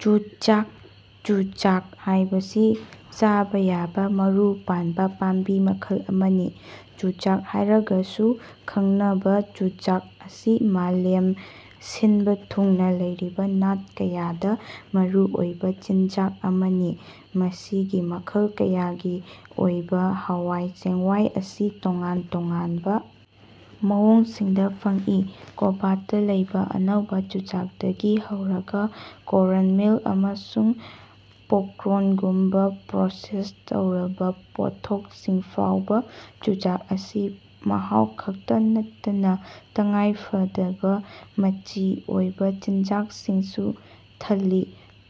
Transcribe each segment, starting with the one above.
ꯆꯨꯆꯥꯛ ꯆꯨꯖꯥꯛ ꯍꯥꯏꯕꯁꯤ ꯆꯥꯕ ꯌꯥꯕ ꯃꯔꯨ ꯄꯥꯟꯕ ꯄꯥꯝꯕꯤ ꯃꯈꯜ ꯑꯃꯅꯤ꯫ ꯆꯨꯖꯥꯛ ꯍꯥꯏꯔꯒꯁꯨ ꯈꯪꯅꯕ ꯆꯨꯖꯥꯛ ꯑꯁꯤ ꯃꯥꯂꯦꯝ ꯁꯤꯟꯕ ꯊꯨꯡꯅ ꯂꯩꯔꯤꯕ ꯅꯥꯠ ꯀꯌꯥꯗ ꯃꯔꯨꯑꯣꯏꯕ ꯆꯤꯟꯖꯥꯛ ꯑꯃꯅꯤ꯫ ꯃꯁꯤꯒꯤ ꯃꯈꯜ ꯀꯌꯥꯒꯤ ꯑꯣꯏꯕ ꯍꯋꯥꯏ ꯆꯦꯡꯋꯥꯏ ꯑꯁꯤ ꯇꯣꯉꯥꯟ ꯇꯣꯉꯥꯟꯕ ꯃꯑꯣꯡꯁꯤꯡꯗ ꯐꯪꯏ ꯀꯣꯕꯇ ꯂꯩꯕ ꯑꯅꯧꯕ ꯆꯨꯖꯥꯛꯗꯒꯤ ꯍꯧꯔꯒ ꯀꯣꯔ꯭ꯟꯃꯤꯜ ꯑꯃꯁꯨꯡ ꯄꯣꯞꯀꯣꯔ꯭ꯟꯒꯨꯝꯕ ꯄ꯭ꯔꯣꯁꯦꯁ ꯇꯧꯔꯕ ꯄꯣꯠꯊꯣꯛꯁꯤꯡ ꯐꯥꯎꯕ꯫ ꯆꯨꯖꯥꯛ ꯑꯁꯤ ꯃꯍꯥꯎ ꯈꯛꯇ ꯅꯠꯇꯅ ꯇꯉꯥꯏꯐꯗꯕ ꯃꯆꯤ ꯑꯣꯏꯕ ꯆꯤꯟꯖꯥꯛꯁꯤꯡꯁꯨ ꯊꯜꯂꯤ꯫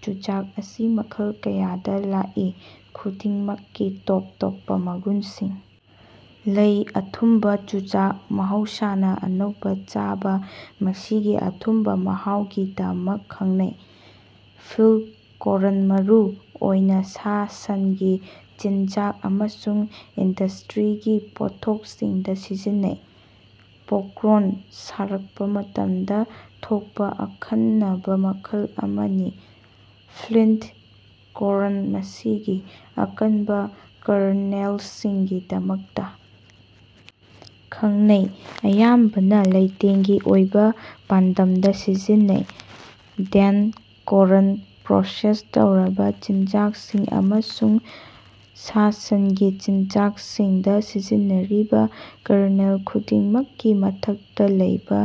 ꯆꯨꯖꯥꯛ ꯑꯁꯤ ꯃꯈꯜ ꯀꯌꯥꯗ ꯂꯥꯛꯏ ꯈꯨꯗꯤꯡꯃꯛꯀꯤ ꯇꯣꯞ ꯇꯣꯞꯄ ꯃꯒꯨꯟꯁꯤꯡ ꯂꯩ ꯑꯊꯨꯝꯕ ꯆꯨꯖꯥꯛ ꯃꯍꯧꯁꯥꯅ ꯑꯅꯧꯕ ꯆꯥꯕ ꯃꯁꯤꯒꯤ ꯑꯊꯨꯝꯕ ꯃꯍꯥꯎꯒꯤꯗꯃꯛ ꯈꯪꯅꯩ꯫ ꯐꯤꯜꯗ ꯀꯣꯔ꯭ꯟ ꯃꯔꯨ ꯑꯣꯏꯅ ꯁꯥ ꯁꯟꯒꯤ ꯆꯤꯟꯖꯥꯛ ꯑꯃꯁꯨꯡ ꯏꯟꯗꯁ꯭ꯇ꯭ꯔꯤꯒꯤ ꯄꯣꯠꯊꯣꯛꯁꯤꯡꯗ ꯁꯤꯖꯤꯟꯅꯩ꯫ ꯄꯣꯞꯀꯣꯔ꯭ꯟ ꯁꯥꯔꯛꯄ ꯃꯇꯝꯗ ꯊꯣꯛꯄ ꯑꯈꯟꯅꯕ ꯃꯈꯜ ꯑꯃꯅꯤ꯫ ꯐ꯭ꯂꯤꯟꯠ ꯀꯣꯔ꯭ꯟ ꯃꯁꯤꯒꯤ ꯑꯀꯟꯕ ꯀꯔꯅꯦꯜꯁꯤꯡꯒꯤꯗꯃꯛꯇ ꯈꯪꯅꯩ ꯑꯌꯥꯝꯕꯅ ꯂꯩꯇꯦꯡꯒꯤ ꯑꯣꯏꯕ ꯄꯥꯟꯗꯝꯗ ꯁꯤꯖꯤꯟꯅꯩ꯫ ꯗꯦꯟꯠ ꯀꯣꯔ꯭ꯟ ꯄ꯭ꯔꯣꯁꯦꯁ ꯇꯧꯔꯕ ꯆꯤꯟꯖꯥꯛꯁꯤꯡ ꯑꯃꯁꯨꯡ ꯁꯥ ꯁꯟꯒꯤ ꯆꯤꯟꯖꯥꯛꯁꯤꯡꯗ ꯁꯤꯖꯤꯟꯅꯔꯤꯕ ꯀꯔꯅꯦꯜ ꯈꯨꯗꯤꯡꯃꯛꯀꯤ ꯃꯊꯛꯇ ꯂꯩꯕ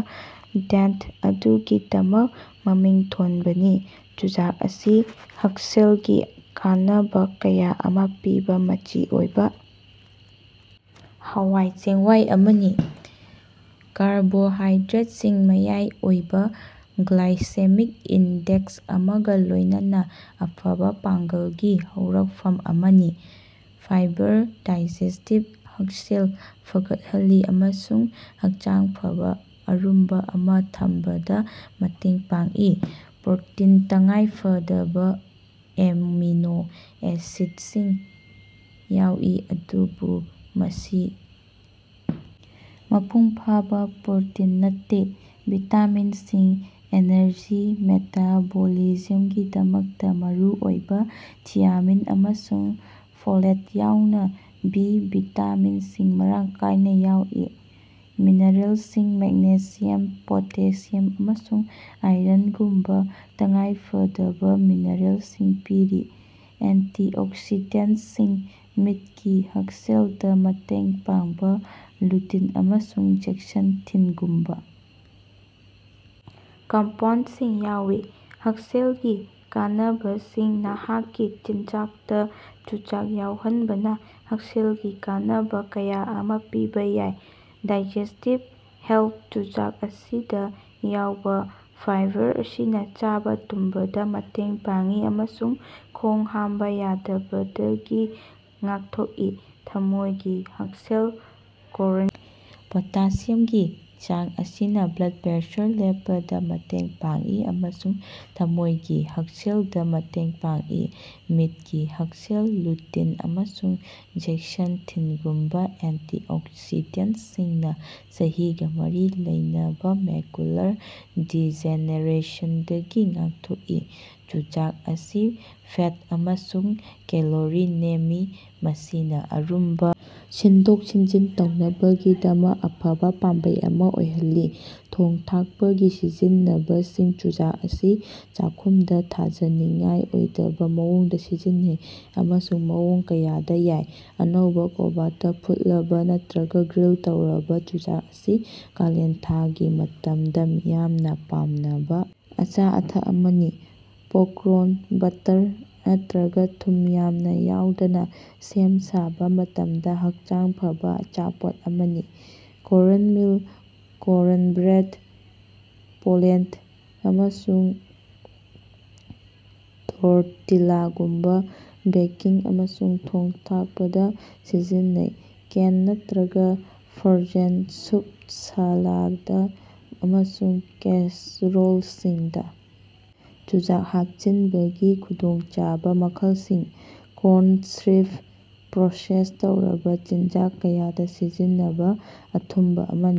ꯗꯦꯟ꯭ꯇ ꯑꯗꯨꯒꯤꯗꯃꯛ ꯃꯃꯤꯡ ꯊꯣꯟꯕꯅꯤ꯫ ꯆꯨꯖꯥꯛ ꯑꯁꯤ ꯍꯛꯁꯦꯜꯒꯤ ꯀꯥꯟꯅꯕ ꯀꯌꯥ ꯑꯃ ꯄꯤꯕ ꯃꯆꯤ ꯑꯣꯏꯕ ꯍꯋꯥꯏ ꯆꯦꯡꯋꯥꯏ ꯑꯃꯅꯤ꯫ ꯀꯥꯔꯕꯣꯍꯥꯏꯗ꯭ꯔꯦꯠꯁꯤꯡ ꯃꯌꯥꯏ ꯑꯣꯏꯕ ꯒ꯭ꯂꯥꯏꯁꯦꯃꯤꯛ ꯏꯟꯗꯦꯛꯁ ꯑꯃꯒ ꯂꯣꯏꯅꯅ ꯑꯐꯕ ꯄꯥꯡꯒꯜꯒꯤ ꯍꯧꯔꯛꯐꯝ ꯑꯃꯅꯤ꯫ ꯐꯥꯏꯕꯔ ꯗꯥꯏꯖꯦꯁ꯭ꯇꯤꯕ ꯍꯛꯁꯦꯜ ꯐꯒꯠꯍꯜꯂꯤ ꯑꯃꯁꯨꯡ ꯍꯛꯆꯥꯡ ꯐꯕ ꯑꯔꯨꯝꯕ ꯑꯃ ꯊꯝꯕꯗ ꯃꯇꯦꯡ ꯄꯥꯡꯏ꯫ ꯄ꯭ꯔꯣꯇꯤꯟ ꯇꯉꯥꯏꯐꯗꯕ ꯑꯦꯃꯤꯅꯣ ꯑꯦꯁꯤꯗꯁꯤꯡ ꯌꯥꯎꯏ ꯑꯗꯨꯕꯨ ꯃꯁꯤ ꯃꯄꯨꯡ ꯐꯥꯕ ꯄ꯭ꯔꯣꯇꯤꯟ ꯅꯠꯇꯦ꯫ ꯚꯤꯇꯥꯃꯤꯟꯁꯤꯡ ꯑꯦꯅꯔꯖꯤ ꯃꯦꯇꯥꯕꯣꯂꯤꯖꯝꯒꯤꯗꯃꯛꯇ ꯃꯔꯨꯑꯣꯏꯕ ꯊꯤꯌꯥꯃꯤꯟ ꯑꯃꯁꯨꯡ ꯐꯣꯂꯦꯠ ꯌꯥꯎꯅ ꯕꯤ ꯚꯤꯇꯥꯃꯤꯟꯁꯤꯡ ꯃꯔꯥꯡ ꯀꯥꯏꯅ ꯌꯥꯎꯏ꯫ ꯃꯤꯅꯔꯦꯜꯁꯤꯡ ꯃꯦꯒꯅꯦꯁꯤꯌꯝ ꯄꯣꯇꯦꯁꯤꯌꯝ ꯑꯃꯁꯨꯡ ꯑꯥꯏꯔꯟꯒꯨꯝꯕ ꯇꯉꯥꯏꯐꯗꯕ ꯃꯤꯅꯔꯦꯜꯁꯤꯡ ꯄꯤꯔꯤ꯫ ꯑꯦꯟꯇꯤꯑꯣꯛꯁꯤꯗꯦꯟꯠꯁꯤꯡ ꯃꯤꯠꯀꯤ ꯍꯛꯁꯦꯜꯗ ꯃꯇꯦꯡ ꯄꯥꯡꯕ ꯂꯨꯇꯤꯟ ꯑꯃꯁꯨꯡ ꯖꯦꯛꯁꯥꯟꯊꯤꯟꯒꯨꯝꯕ ꯀꯝꯄꯥꯎꯟꯗꯁꯤꯡ ꯌꯥꯎꯋꯤ꯫ ꯍꯛꯁꯦꯜꯒꯤ ꯀꯥꯟꯅꯕꯁꯤꯡ ꯅꯍꯥꯛꯀꯤ ꯆꯤꯟꯖꯥꯛꯇ ꯆꯨꯖꯥꯛ ꯌꯥꯎꯍꯟꯕꯅ ꯍꯛꯁꯦꯜꯒꯤ ꯀꯥꯟꯅꯕ ꯀꯌꯥ ꯑꯃ ꯄꯤꯕ ꯌꯥꯏ ꯗꯥꯏꯖꯦꯁ꯭ꯇꯤꯕ ꯍꯦꯜꯊ ꯆꯨꯖꯥꯛ ꯑꯁꯤꯗ ꯌꯥꯎꯕ ꯐꯥꯏꯕꯔ ꯑꯁꯤꯅ ꯆꯥꯕ ꯇꯨꯝꯕꯗ ꯃꯇꯦꯡ ꯄꯥꯡꯉꯤ ꯑꯃꯁꯨꯡ ꯈꯣꯡ ꯍꯥꯝꯕ ꯌꯥꯗꯕꯗꯒꯤ ꯉꯥꯛꯊꯣꯛꯏ꯫ ꯊꯃꯣꯏꯒꯤ ꯍꯛꯁꯦꯜ ꯀꯣꯔ꯭ꯟꯒꯤ ꯄꯣꯇꯥꯁꯤꯌꯝꯒꯤ ꯆꯥꯡ ꯑꯁꯤꯅ ꯕ꯭ꯂꯗ ꯄ꯭ꯔꯦꯁꯔ ꯂꯦꯞꯄꯗ ꯃꯇꯦꯡ ꯄꯥꯡꯏ ꯑꯃꯁꯨꯡ ꯊꯃꯣꯏꯒꯤ ꯍꯛꯁꯦꯜꯗ ꯃꯇꯦꯡ ꯄꯥꯡꯏ꯫ ꯃꯤꯠꯀꯤ ꯍꯛꯁꯦꯜ ꯂꯨꯇꯤꯟ ꯑꯃꯁꯨꯡ ꯖꯦꯛꯁꯥꯟꯊꯤꯟꯒꯨꯝꯕ ꯑꯦꯟꯇꯤꯑꯣꯛꯁꯤꯗꯦꯟꯠꯁꯤꯡꯅ ꯆꯍꯤꯒ ꯃꯔꯤ ꯂꯩꯅꯕ ꯃꯦꯀꯨꯂꯔ ꯗꯤꯖꯦꯅꯦꯔꯦꯁꯟꯗꯒꯤ ꯉꯥꯛꯊꯣꯛꯏ꯫ ꯆꯨꯖꯥꯛ ꯑꯁꯤ ꯐꯦꯠ ꯑꯃꯁꯨꯡ ꯀꯦꯂꯣꯔꯤ ꯅꯦꯝꯃꯤ ꯃꯁꯤꯅ ꯑꯔꯨꯝꯕ ꯁꯤꯟꯗꯣꯛ ꯁꯤꯟꯖꯤꯟ ꯇꯧꯅꯕꯒꯤꯗꯃꯛ ꯑꯐꯕ ꯄꯥꯝꯕꯩ ꯑꯃ ꯑꯣꯏꯍꯜꯂꯤ꯫ ꯊꯣꯡ ꯊꯥꯛꯄꯒꯤ ꯁꯤꯖꯤꯟꯅꯕꯁꯤꯡ ꯆꯨꯖꯥꯛ ꯑꯁꯤ ꯆꯥꯛꯈꯨꯝꯗ ꯊꯥꯖꯅꯤꯡꯉꯥꯏ ꯑꯣꯏꯗꯕ ꯃꯑꯣꯡꯗ ꯁꯤꯖꯤꯟꯅꯩ ꯑꯃꯁꯨꯡ ꯃꯑꯣꯡ ꯀꯌꯥꯗ ꯌꯥꯏ ꯑꯅꯧꯕ ꯀꯣꯕꯇ ꯐꯨꯠꯂꯕ ꯅꯠꯇ꯭ꯔꯒ ꯒ꯭ꯔꯤꯜ ꯇꯧꯔꯕ ꯆꯨꯖꯥꯛ ꯑꯁꯤ ꯀꯥꯂꯦꯟꯊꯥꯒꯤ ꯃꯇꯝꯗ ꯃꯤꯌꯥꯝꯅ ꯄꯥꯝꯅꯕ ꯑꯆꯥ ꯑꯊꯛ ꯑꯃꯅꯤ꯫ ꯄꯣꯞꯀꯣꯔ꯭ꯟ ꯕꯠꯇꯔ ꯅꯠꯇ꯭ꯔꯒ ꯊꯨꯝ ꯌꯥꯝꯅ ꯌꯥꯎꯗꯅ ꯁꯦꯝ ꯁꯥꯕ ꯃꯇꯝꯗ ꯍꯛꯆꯥꯡ ꯐꯕ ꯑꯆꯥꯄꯣꯠ ꯑꯃꯅꯤ꯫ ꯀꯣꯔ꯭ꯟꯃꯤꯜ ꯀꯣꯔ꯭ꯟꯕ꯭ꯔꯦꯗ ꯄꯣꯂꯦꯟ ꯑꯃꯁꯨꯡ ꯇꯣꯔꯇꯤꯂꯥꯒꯨꯝꯕ ꯕꯦꯀꯤꯡ ꯑꯃꯁꯨꯡ ꯊꯣꯡ ꯊꯥꯛꯄꯗ ꯁꯤꯖꯤꯟꯅꯩ꯫ ꯀꯦꯟ ꯅꯠꯇ꯭ꯔꯒ ꯐ꯭ꯔꯣꯖꯦꯟ ꯁꯨꯞ ꯁꯥꯂꯥꯗ ꯑꯃꯁꯨꯡ ꯀꯦꯁꯔꯣꯜꯁꯤꯡꯗ ꯆꯨꯖꯥꯛ ꯍꯥꯞꯆꯤꯟꯕꯒꯤ ꯈꯨꯗꯣꯡꯆꯥꯕ ꯃꯈꯜꯁꯤꯡ꯫ ꯀꯣꯔ꯭ꯟ ꯁꯤꯔꯞ ꯄ꯭ꯔꯣꯁꯦꯁ ꯇꯧꯔꯕ ꯆꯤꯟꯖꯥꯛ ꯀꯌꯥꯗ ꯁꯤꯖꯤꯟꯅꯕ ꯑꯊꯨꯝꯕ ꯑꯃꯅꯤ꯫